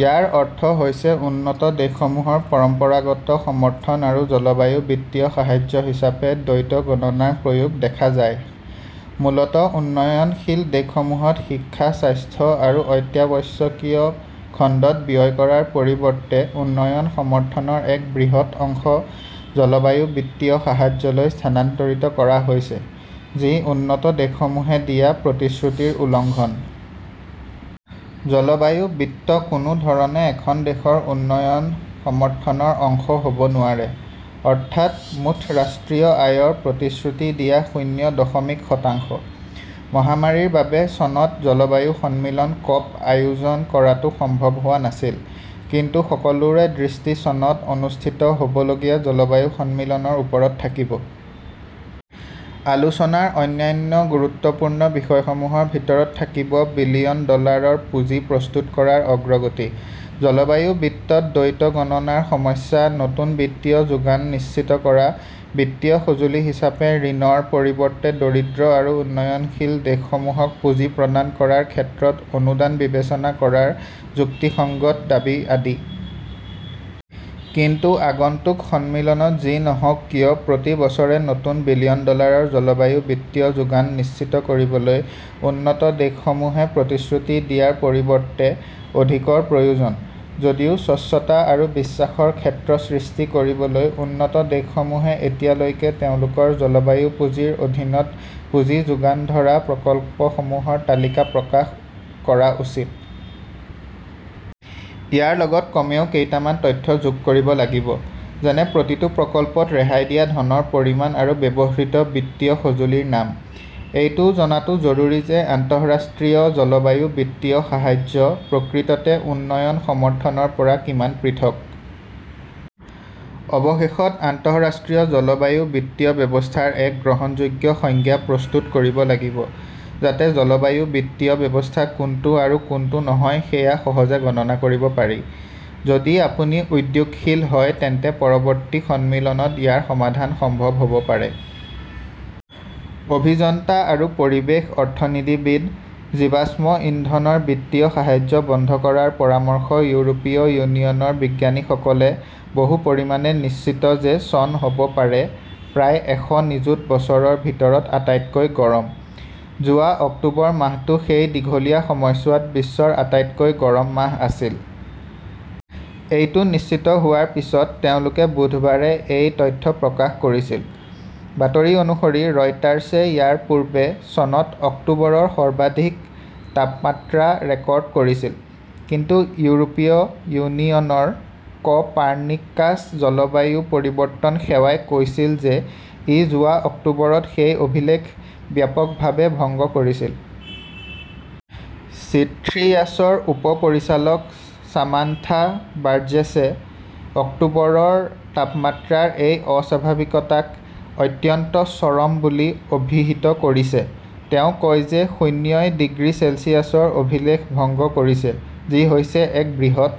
ইয়াৰ অৰ্থ হৈছে উন্নত দেশসমূহৰ পৰম্পৰাগত সমৰ্থন আৰু জলবায়ু বিত্তীয় সাহায্য হিচাপে দ্বৈত গণনাৰ প্ৰয়োগ দেখা যায়। মূলতঃ, উন্নয়নশীল দেশসমূহত শিক্ষা, স্বাস্থ্য আৰু অত্যাৱশ্যকীয় খণ্ডত ব্যয় কৰাৰ পৰিৱৰ্তে উন্নয়ন সমৰ্থনৰ এক বৃহৎ অংশ জলবায়ু বিত্তীয় সাহায্যলৈ স্থানান্তৰিত কৰা হৈছে, যি উন্নত দেশসমূহে দিয়া প্ৰতিশ্ৰুতিৰ উলংঘন। জলবায়ু বিত্ত কোনো ধৰণে এখন দেশৰ উন্নয়ন সমৰ্থনৰ অংশ হ "ব নোৱাৰে, অৰ্থাৎ মুঠ ৰাষ্ট্ৰীয় আয়ৰ প্ৰতিশ্ৰুতি দিয়া শূন্য দশমিক শতাংশ। মহামাৰীৰ বাবে চনত জলবায়ু সন্মিলন কপ- আয়োজন কৰাটো সম্ভৱ হোৱা নাছিল। কিন্তু সকলোৰে দৃষ্টি চনত অনুষ্ঠিত হ "বলগীয়া জলবায়ু সন্মিলনৰ ওপৰত থাকিব। আলোচনাৰ অন্যান্য গুৰুত্বপূৰ্ণ বিষয়সমূহৰ ভিতৰত থাকিব বিলিয়ন ডলাৰৰ পুঁজি প্ৰস্তুত কৰাৰ অগ্ৰগতি, জলবায়ু বিত্তত দ্বৈত গণনাৰ সমস্যা, নতুন বিত্তীয় যোগান নিশ্চিত কৰা, বিত্তীয় সঁজুলি হিচাপে ঋণৰ পৰিৱৰ্তে দৰিদ্ৰ আৰু উন্নয়নশীল দেশসমূহক পুঁজি প্ৰদান কৰাৰ ক্ষেত্ৰত 'অনুদান "বিবেচনা কৰাৰ যুক্তিসঙ্গত দাবী আদি। কিন্তু আগন্তুক সন্মিলনত যি নহওক কিয়, প্ৰতি বছৰে নতুন বিলিয়ন ডলাৰৰ জলবায়ু বিত্তীয় যোগান নিশ্চিত কৰিবলৈ উন্নত দেশসমূহে প্ৰতিশ্ৰুতি দিয়াৰ পৰিৱৰ্তে অধিকৰ প্ৰয়োজন। যদিও স্বচ্ছতা আৰু বিশ্বাসৰ ক্ষেত্ৰ সৃষ্টি কৰিবলৈ উন্নত দেশসমূহে এতিয়ালৈকে তেওঁলোকৰ জলবায়ু পুঁজিৰ অধীনত পুঁজি যোগান ধৰা প্ৰকল্পসমূহৰ তালিকা প্ৰকাশ কৰা উচিত। ইয়াৰ লগত কমেও কেইটামান তথ্য যোগ কৰিব লাগিব। যেনে প্ৰতিটো প্ৰকল্পত ৰেহাই দিয়া ধনৰ পৰিমাণ আৰু ব্যৱহৃত বিত্তীয় সঁজুলিৰ নাম। এইটোও জনাটো জৰুৰী যে আন্তঃৰাষ্ট্ৰীয় জলবায়ু বিত্তীয় সাহায্য প্ৰকৃততে উন্নয়ন সমৰ্থনৰ পৰা কিমান পৃথক। অৱশেষত, আন্তঃৰাষ্ট্ৰীয় জলবায়ু বিত্তীয় ব্যৱস্থাৰ এক গ্ৰহণযোগ্য সংজ্ঞা প্ৰস্তুত কৰিব লাগিব, যাতে জলবায়ু বিত্তীয় ব্যৱস্থা কোনটো আৰু কোনটো নহয় সেয়া সহজে গণনা কৰিব পাৰি। যদি আপুনি উদ্যোগশীল হয় তেন্তে পৰৱৰ্তী সন্মিলনত ইয়াৰ সমাধান সম্ভৱ হ 'ব পাৰে। অভিযন্তা আৰু পৰিৱেশ অৰ্থনীতিবিদ। জীৱাশ্ম ইন্ধনৰ বিত্তীয় সাহায্য বন্ধ কৰাৰ পৰামৰ্শ ইউৰোপীয় ইউনিয়নৰ বিজ্ঞানীসকলে বহু পৰিমাণে নিশ্চিত যে চন হ 'ব পাৰে প্ৰায় এশ নিযুত বছৰৰ ভিতৰত আটাইতকৈ গৰম। যোৱা অক্টোবৰ মাহটো সেই দীঘলীয়া সময়ছোৱাত বিশ্বৰ আটাইতকৈ গৰম মাহ আছিল। এইটো নিশ্চিত হোৱাৰ পিছত তেওঁলোকে বুধবাৰে এই তথ্য প্ৰকাশ কৰিছিল। বাতৰি অনুসৰি, ৰয়টাৰ্ছে ইয়াৰ পূৰ্বে চনত অক্টোবৰৰ সৰ্বাধিক তাপমাত্ৰা ৰেকৰ্ড কৰিছিল। কিন্তু ইউৰোপীয় ইউনিয়নৰ ক 'পাৰ্নিকাছ জলবায়ু পৰিৱৰ্তন সেৱাই কৈছিল যে ই যোৱা অক্টোবৰত সেই অভিলেখ ব্যাপকভাৱে ভংগ কৰিছিল। ছিথ্ৰিয়াছৰ উপ-পৰিচালক সামান্থা বাৰ্জেছে অক্টোবৰৰ তাপমাত্ৰাৰ এই অস্বাভাৱিকতাক 'অত্যন্ত চৰম "বুলি অভিহিত কৰিছে। তেওঁ কয় যে শূন্যই ডিগ্ৰী চেলছিয়াছৰ অভিলেখ ভংগ কৰিছে, যি হৈছে এক বৃহৎ